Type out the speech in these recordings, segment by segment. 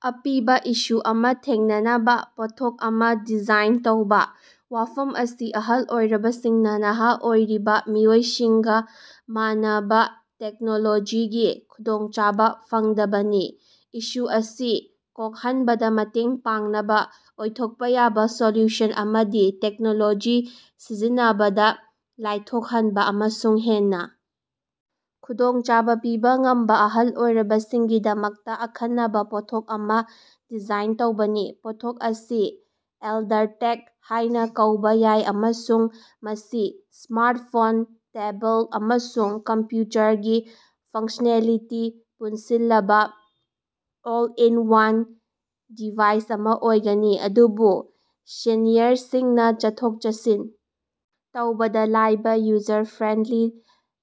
ꯑꯄꯤꯕ ꯏꯁꯨ ꯑꯃ ꯊꯦꯡꯅꯅꯕ ꯄꯣꯠꯊꯣꯛ ꯑꯃ ꯗꯤꯖꯥꯏꯟ ꯇꯧꯕ꯫ ꯋꯥꯐꯝ ꯑꯁꯤ ꯑꯍꯜ ꯑꯣꯏꯔꯕꯁꯤꯡꯅ ꯅꯍꯥ ꯑꯣꯏꯔꯤꯕ ꯃꯤꯑꯣꯏꯁꯤꯡꯒꯥ ꯃꯥꯟꯅꯕ ꯇꯦꯛꯅꯣꯂꯣꯖꯤꯒꯤ ꯈꯨꯗꯣꯡꯆꯥꯕ ꯐꯪꯗꯕꯅꯤ꯫ ꯏꯁꯨ ꯑꯁꯤ ꯀꯣꯛꯍꯟꯕꯗ ꯃꯇꯦꯡ ꯄꯥꯡꯅꯕ ꯑꯣꯏꯊꯣꯛꯄ ꯌꯥꯕ ꯁꯣꯂꯨꯁꯟ ꯑꯃꯗꯤ ꯇꯦꯛꯅꯣꯂꯣꯖꯤ ꯁꯤꯖꯤꯟꯅꯕꯗ ꯂꯥꯏꯊꯣꯛꯍꯟꯕ ꯑꯃꯁꯨꯡ ꯍꯦꯟꯅ ꯈꯨꯗꯣꯡꯆꯥꯕ ꯄꯤꯕ ꯉꯝꯕ ꯑꯍꯜ ꯑꯣꯏꯔꯕꯁꯤꯡꯒꯤꯗꯃꯛꯇ ꯑꯈꯟꯅꯅ ꯄꯣꯠꯊꯣꯛ ꯑꯃ ꯗꯤꯖꯥꯏꯟ ꯇꯧꯕꯅꯤ꯫ ꯄꯣꯠꯊꯣꯛ ꯑꯁꯤ ꯑꯦꯜꯗꯔꯇꯦꯛ ꯍꯥꯏꯅ ꯀꯧꯕ ꯌꯥꯏ ꯑꯃꯁꯨꯡ ꯃꯁꯤ ꯁ꯭ꯃꯥꯔꯠꯐꯣꯟ, ꯇꯦꯕꯜ, ꯑꯃꯁꯨꯡ ꯀꯝꯄ꯭ꯌꯨꯇꯔꯒꯤ ꯐꯪꯁꯅꯦꯂꯤꯇꯤ ꯄꯨꯟꯁꯤꯜꯂꯕ ꯑꯣꯜ ꯏꯟ ꯋꯥꯟ ꯗꯤꯚꯥꯏꯁ ꯑꯃꯥ ꯑꯣꯏꯒꯅꯤ, ꯑꯗꯨꯕꯨ ꯁꯦꯅꯤꯌꯔꯁꯤꯡꯅ ꯆꯠꯊꯣꯛ-ꯆꯠꯁꯤꯟ ꯇꯧꯕꯗ ꯂꯥꯏꯕ ꯌꯨꯖꯔ ꯐ꯭ꯔꯦꯟꯂꯤ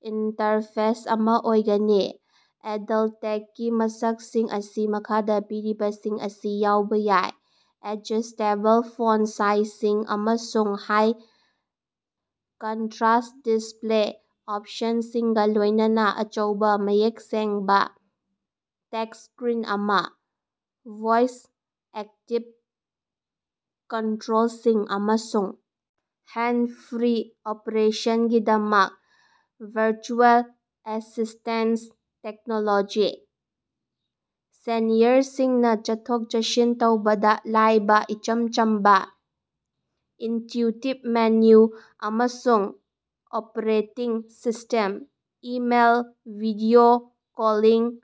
ꯏꯟꯇꯔꯐꯦꯁ ꯑꯃꯥ ꯑꯣꯏꯒꯅꯤ꯫ ꯑꯦꯜꯗꯔꯇꯦꯛꯀꯤ ꯃꯁꯛꯁꯤꯡ ꯑꯁꯤ ꯃꯈꯥꯗ ꯄꯤꯔꯤꯕꯁꯤꯡ ꯑꯁꯤ ꯌꯥꯎꯕ ꯌꯥꯏ: ꯑꯦꯗꯖꯁ꯭ꯇꯦꯕꯜ ꯐꯣꯟ ꯁꯥꯏꯖꯁꯤꯡ ꯑꯃꯁꯨꯡ ꯍꯥꯏ ꯀꯟꯇꯔꯁ꯭ꯠ ꯗꯤꯁꯄꯂꯦ ꯑꯣꯞꯁꯟꯁꯤꯡꯒ ꯂꯣꯏꯅꯅ ꯑꯆꯧꯕ, ꯃꯌꯦꯛ ꯁꯦꯡꯕ ꯇꯆ ꯁ꯭ꯀꯔꯤꯟ ꯑꯃ꯫ ꯚꯣꯏꯁ-ꯑꯦꯛꯇꯤꯕ ꯀꯟꯇꯔꯣꯜꯁꯤꯡ ꯑꯃꯁꯨꯡ ꯍꯦꯟꯗꯁ-ꯐ꯭ꯔꯤ ꯑꯣꯄꯔꯦꯁꯟꯒꯤꯗꯃꯛ ꯚꯔꯆꯨꯑꯦꯜ ꯑꯦꯁꯤꯁ꯭ꯇꯦꯟ ꯇꯦꯛꯅꯣꯂꯣꯖꯤ꯫ ꯁꯦꯅꯤꯌꯔꯁꯤꯡꯅ ꯆꯠꯊꯣꯛ-ꯆꯠꯁꯤꯟ ꯇꯧꯕꯗ ꯂꯥꯏꯕ ꯏꯆꯝ ꯆꯝꯕ, ꯏꯟꯇ꯭ꯌꯨꯇꯤꯕ ꯃꯦꯅꯨ ꯑꯃꯁꯨꯡ operating system. Email, video calling,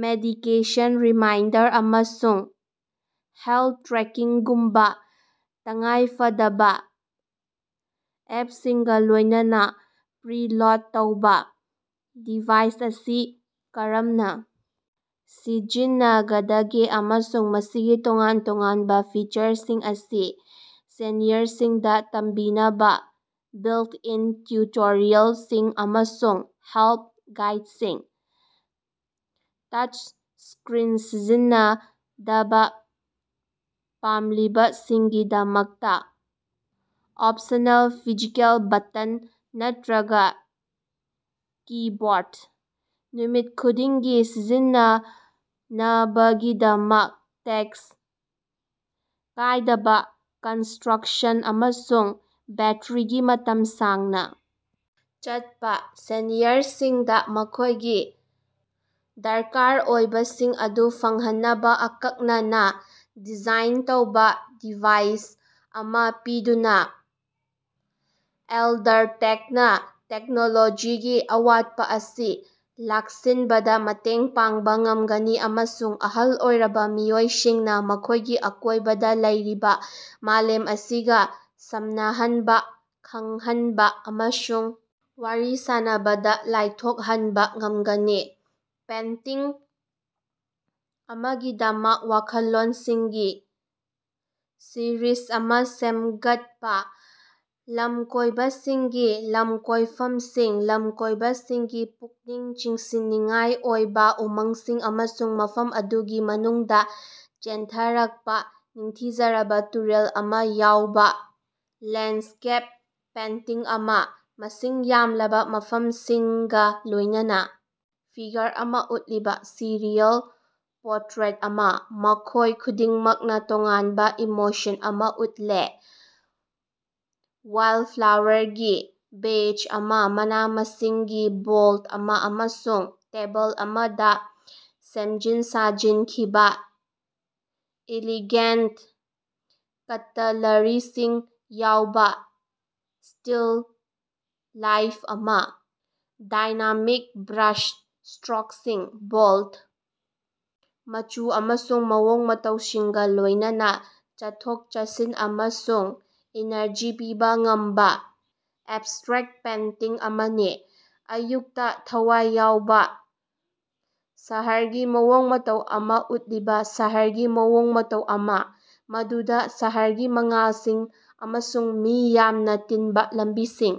medication reminder ꯑꯃꯁꯨꯡ ꯍꯦꯜꯠ ꯇ꯭ꯔꯦꯀꯤꯡꯒꯨꯝꯕ ꯇꯉꯥꯏ ꯐꯗꯕ ꯑꯦꯞꯁꯤꯡꯒ ꯂꯣꯏꯅꯅ ꯄ꯭ꯔꯤꯂꯣꯗ ꯇꯧꯕ꯫ ꯗꯤꯚꯥꯏꯁ ꯑꯁꯤ ꯀꯔꯝꯅ ꯁꯤꯖꯤꯟꯅꯒꯗꯒꯦ ꯑꯃꯁꯨꯡ ꯃꯁꯤꯒꯤ ꯇꯣꯉꯥꯟ ꯇꯣꯉꯥꯟꯕ ꯐꯤꯆꯔꯁꯤꯡ ꯑꯁꯤ ꯁꯦꯅꯤꯌꯔꯁꯤꯡꯗ ꯇꯝꯕꯤꯅꯕ ꯕꯤꯜꯠ-ꯏꯟ ꯇꯤꯎꯇꯣꯔꯤꯌꯥꯜꯁꯤꯡ ꯑꯃꯁꯨꯡ ꯍꯦꯜꯞ ꯒꯥꯏꯗꯁꯤꯡ꯫ ꯇꯆ ꯁ꯭ꯀꯔꯤꯟ ꯁꯤꯖꯤꯟꯅꯗꯕ ꯄꯥꯝꯂꯤꯕꯁꯤꯡꯒꯤꯗꯃꯛꯇ ꯑꯣꯞꯁꯅꯦꯜ ꯐꯤꯖꯤꯀꯦꯜ ꯕꯇꯟ ꯅꯠꯇꯔꯒ ꯀꯤꯕꯣꯔꯠ꯫ ꯅꯨꯃꯤꯠ ꯈꯨꯗꯤꯡꯒꯤ ꯁꯤꯖꯤꯟꯅꯅꯕꯒꯤꯗꯃꯛ ꯇꯦꯛꯇ ꯀꯥꯏꯗꯕ ꯀꯟꯁꯇ꯭ꯔꯛꯁꯟ ꯑꯃꯁꯨꯡ ꯕꯦꯠꯇꯔꯤꯒꯤ ꯃꯇꯝ ꯁꯥꯡꯅ ꯆꯠꯄ꯫ ꯁꯦꯅꯤꯌꯔꯁꯤꯡꯗ ꯃꯈꯣꯏꯒꯤ ꯗꯔꯀꯥꯔ ꯑꯣꯏꯕꯁꯤꯡ ꯑꯗꯨ ꯐꯪꯍꯟꯅꯕ ꯑꯀꯛꯅꯅ ꯗꯤꯖꯥꯏꯟ ꯇꯧꯕ ꯗꯤꯚꯥꯏꯁ ꯑꯃꯥ ꯄꯤꯗꯨꯅ, ꯑꯦꯜꯗꯔꯇꯦꯛꯅ ꯇꯦꯛꯅꯣꯂꯣꯖꯤꯒꯤ ꯑꯋꯥꯠꯄ ꯑꯁꯤ ꯂꯥꯛꯁꯤꯟꯕꯗ ꯃꯇꯦꯡ ꯄꯥꯡꯕ ꯉꯝꯒꯅꯤ ꯑꯃꯁꯨꯡ ꯑꯍꯜ ꯑꯣꯏꯔꯕ ꯃꯤꯑꯣꯏꯁꯤꯡꯅ ꯃꯈꯣꯏꯒꯤ ꯑꯀꯣꯏꯕꯗ ꯂꯩꯔꯤꯕ ꯃꯥꯂꯦꯝ ꯑꯁꯤꯒ ꯁꯝꯅꯍꯟꯕ, ꯈꯪꯍꯟꯕ ꯑꯃꯁꯨꯡ ꯋꯥꯔꯤ ꯁꯥꯅꯕꯗ ꯂꯥꯏꯊꯣꯛꯍꯟꯕ ꯉꯝꯒꯅꯤ꯫ ꯄꯦꯟꯇꯤꯡ ꯑꯃꯒꯤꯗꯃꯛ ꯋꯥꯈꯜꯂꯣꯟꯁꯤꯡꯒꯤ ꯁꯤꯔꯤꯖ ꯑꯃꯥ ꯁꯦꯝꯒꯠꯄꯥ꯫ ꯂꯝꯀꯣꯏꯕꯁꯤꯡꯒꯤ ꯂꯝꯀꯣꯏꯐꯝꯁꯤꯡ, ꯂꯝꯀꯣꯏꯕꯁꯤꯡꯒꯤ ꯄꯨꯛꯅꯤꯡ ꯆꯤꯡꯁꯤꯟꯅꯤꯡꯉꯥꯏ ꯑꯣꯏꯕ ꯎꯃꯪꯁꯤꯡ ꯑꯃꯁꯨꯡ ꯃꯐꯝ ꯑꯗꯨꯒꯤ ꯃꯅꯨꯡꯗ ꯆꯦꯟꯊꯔꯛꯄ ꯅꯤꯡꯊꯤꯖꯔꯕ ꯇꯨꯔꯦꯜ ꯑꯃꯥ ꯌꯥꯎꯕ ꯂꯦꯟꯠꯁ꯭ꯀꯦꯞ ꯄꯦꯟꯇꯤꯡ ꯑꯃꯥ꯫ ꯃꯁꯤꯡ ꯌꯥꯝꯂꯕ ꯃꯐꯝꯁꯤꯡꯒ ꯂꯣꯏꯅꯅ ꯐꯤꯒꯔ ꯑꯃꯥ ꯎꯠꯂꯤꯕ ꯁꯔꯤꯌꯥꯜ ꯄꯣꯇ꯭ꯔꯦꯠ ꯑꯃ, ꯃꯈꯣꯏ ꯈꯨꯗꯤꯡꯃꯛꯅ ꯇꯣꯉꯥꯟꯕ ꯏꯃꯣꯁꯟ ꯑꯃ ꯎꯠꯂ‌ꯦ꯫ ꯋꯥꯏꯜꯐ꯭ꯂꯥꯋꯥꯔꯒꯤ ꯚꯦꯖ ꯑꯃꯥ, ꯃꯅꯥ-ꯃꯁꯤꯡꯒꯤ ꯕꯣꯜ ꯑꯃ, ꯑꯃꯁꯨꯡ ꯇꯦꯕꯜ ꯑꯃꯗ ꯁꯦꯝꯖꯤꯟ ꯁꯥꯖꯤꯟꯈꯤꯕ ꯏꯂꯤꯒꯦꯟ ꯀꯇꯂꯔꯤꯁꯤꯡ ꯌꯥꯎꯕꯥ ꯁ꯭ꯇꯤꯜ ꯂꯥꯏꯐ ꯑꯃꯥ꯫ ꯗꯥꯏꯅꯥꯃꯤꯛ ꯕ꯭ꯔꯥꯁ ꯁ꯭ꯇꯔꯣꯛꯁꯤꯡ, ꯕꯣꯜꯗ ꯃꯆꯨ ꯑꯃꯁꯨꯡ ꯃꯑꯣꯡ ꯃꯇꯧꯁꯤꯡꯒ ꯂꯣꯏꯅꯅ ꯆꯠꯊꯣꯛ-ꯆꯠꯁꯤꯟ ꯑꯃꯁꯨꯡ ꯏꯅꯔꯖꯤ ꯄꯤꯕ ꯉꯝꯕ ꯑꯦꯕꯁ꯭ꯇꯔꯦꯛꯇ ꯄꯦꯟꯇꯤꯡ ꯑꯃꯅꯤ꯫ ꯑꯌꯨꯛꯇ ꯊꯋꯥꯏ ꯌꯥꯎꯕ ꯁꯍꯔꯒꯤ ꯃꯑꯣꯡ ꯃꯇꯧ ꯑꯃꯥ ꯎꯠꯂꯤꯕ ꯁꯍꯔꯒꯤ ꯃꯑꯣꯡ ꯃꯇꯧ ꯑꯃꯥ, ꯃꯗꯨꯗ ꯁꯍꯔꯒꯤ ꯃꯉꯥꯜꯁꯤꯡ ꯑꯃꯁꯨꯡ ꯃꯤ ꯌꯥꯝꯅ ꯇꯤꯟꯕ ꯂꯝꯕꯤꯁꯤꯡ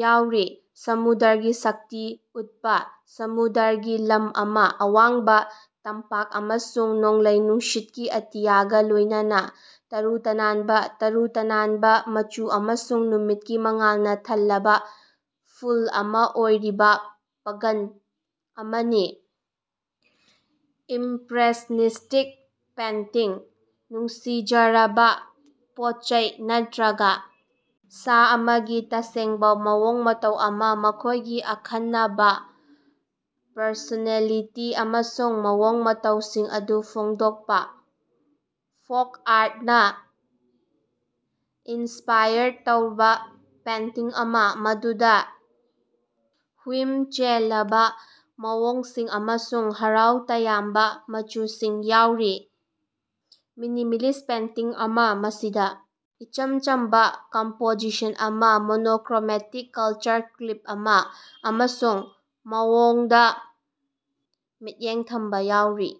ꯌꯥꯎꯔꯤ꯫ ꯁꯃꯨꯗ꯭ꯔꯒꯤ ꯁꯛꯇꯤ ꯎꯠꯄ ꯁꯃꯨꯗ꯭ꯔꯒꯤ ꯂꯝ ꯑꯃꯥ, ꯑꯋꯥꯡꯕ ꯇꯝꯄꯥꯛ ꯑꯃꯁꯨꯡ ꯅꯣꯡꯂꯩ ꯅꯨꯡꯁꯤꯠꯀꯤ ꯑꯇꯤꯌꯥꯒ ꯂꯣꯏꯅꯅꯥ꯫ ꯇꯔꯨ ꯇꯅꯥꯟꯕ, ꯇꯔꯨ ꯇꯅꯥꯟꯕ ꯃꯆꯨ ꯑꯃꯁꯨꯡ ꯅꯨꯃꯤꯠꯀꯤ ꯃꯉꯥꯜꯅ ꯊꯜꯂꯕ ꯐꯨꯜ ꯑꯃꯥ ꯑꯣꯏꯔꯤꯕꯥ ꯕꯥꯒꯥꯟ ꯑꯃꯅꯤ ꯏꯝꯄꯔꯦꯁꯅꯤꯁ꯭ꯇꯤꯛ ꯄꯦꯟꯇꯤꯡ꯫ ꯅꯨꯡꯁꯤꯖꯔꯕ ꯄꯣꯠꯆꯩ ꯅꯠꯇꯔꯒ ꯁꯥ ꯑꯃꯒꯤ ꯇꯁꯦꯡꯕ ꯃꯑꯣꯡ ꯃꯇꯧ ꯑꯃꯥ, ꯃꯈ‌ꯣꯏꯒꯤ ꯑꯈꯟꯅꯕ ꯄꯔꯁꯣꯅꯦꯂꯤꯇꯤ ꯑꯃꯁꯨꯡ ꯃꯑꯣꯡ ꯃꯇꯧꯁꯤꯡ ꯑꯗꯨ ꯐꯣꯡꯗꯣꯛꯄ꯫ ꯐꯣꯛ ꯑꯥꯔꯠꯅ ꯏꯟꯁꯄꯥꯏꯔ ꯇꯧꯕ ꯄꯦꯟꯇꯤꯡ ꯑꯃꯥ, ꯃꯗꯨꯗ ꯍꯨꯏꯝ ꯆꯦꯜꯂꯕ ꯃꯑꯣꯡꯁꯤꯡ ꯑꯃꯁꯨꯡ ꯍꯔꯥꯎ ꯇꯌꯥꯝꯕ ꯃꯆꯨꯁꯤꯡ ꯌꯥꯎꯔꯤ꯫ ꯃꯤꯅꯤꯃꯥꯂꯤꯁ꯭ꯠ ꯄꯦꯟꯇꯤꯡ ꯑꯃ, ꯃꯁꯤꯗ ꯏꯆꯝ ꯆꯝꯕ ꯀꯝꯄꯣꯖꯤꯁꯟ ꯑꯃ, ꯃꯣꯅꯣꯀꯔꯣꯃꯦꯇꯤꯛ ꯀꯂꯔ ꯁ꯭ꯀꯤꯝ ꯑꯃ, ꯑꯃꯁꯨꯡ ꯃꯑꯣꯡꯗ ꯃꯤꯠꯌꯦꯡ ꯊꯝꯕ ꯌꯥꯎꯔꯤ꯫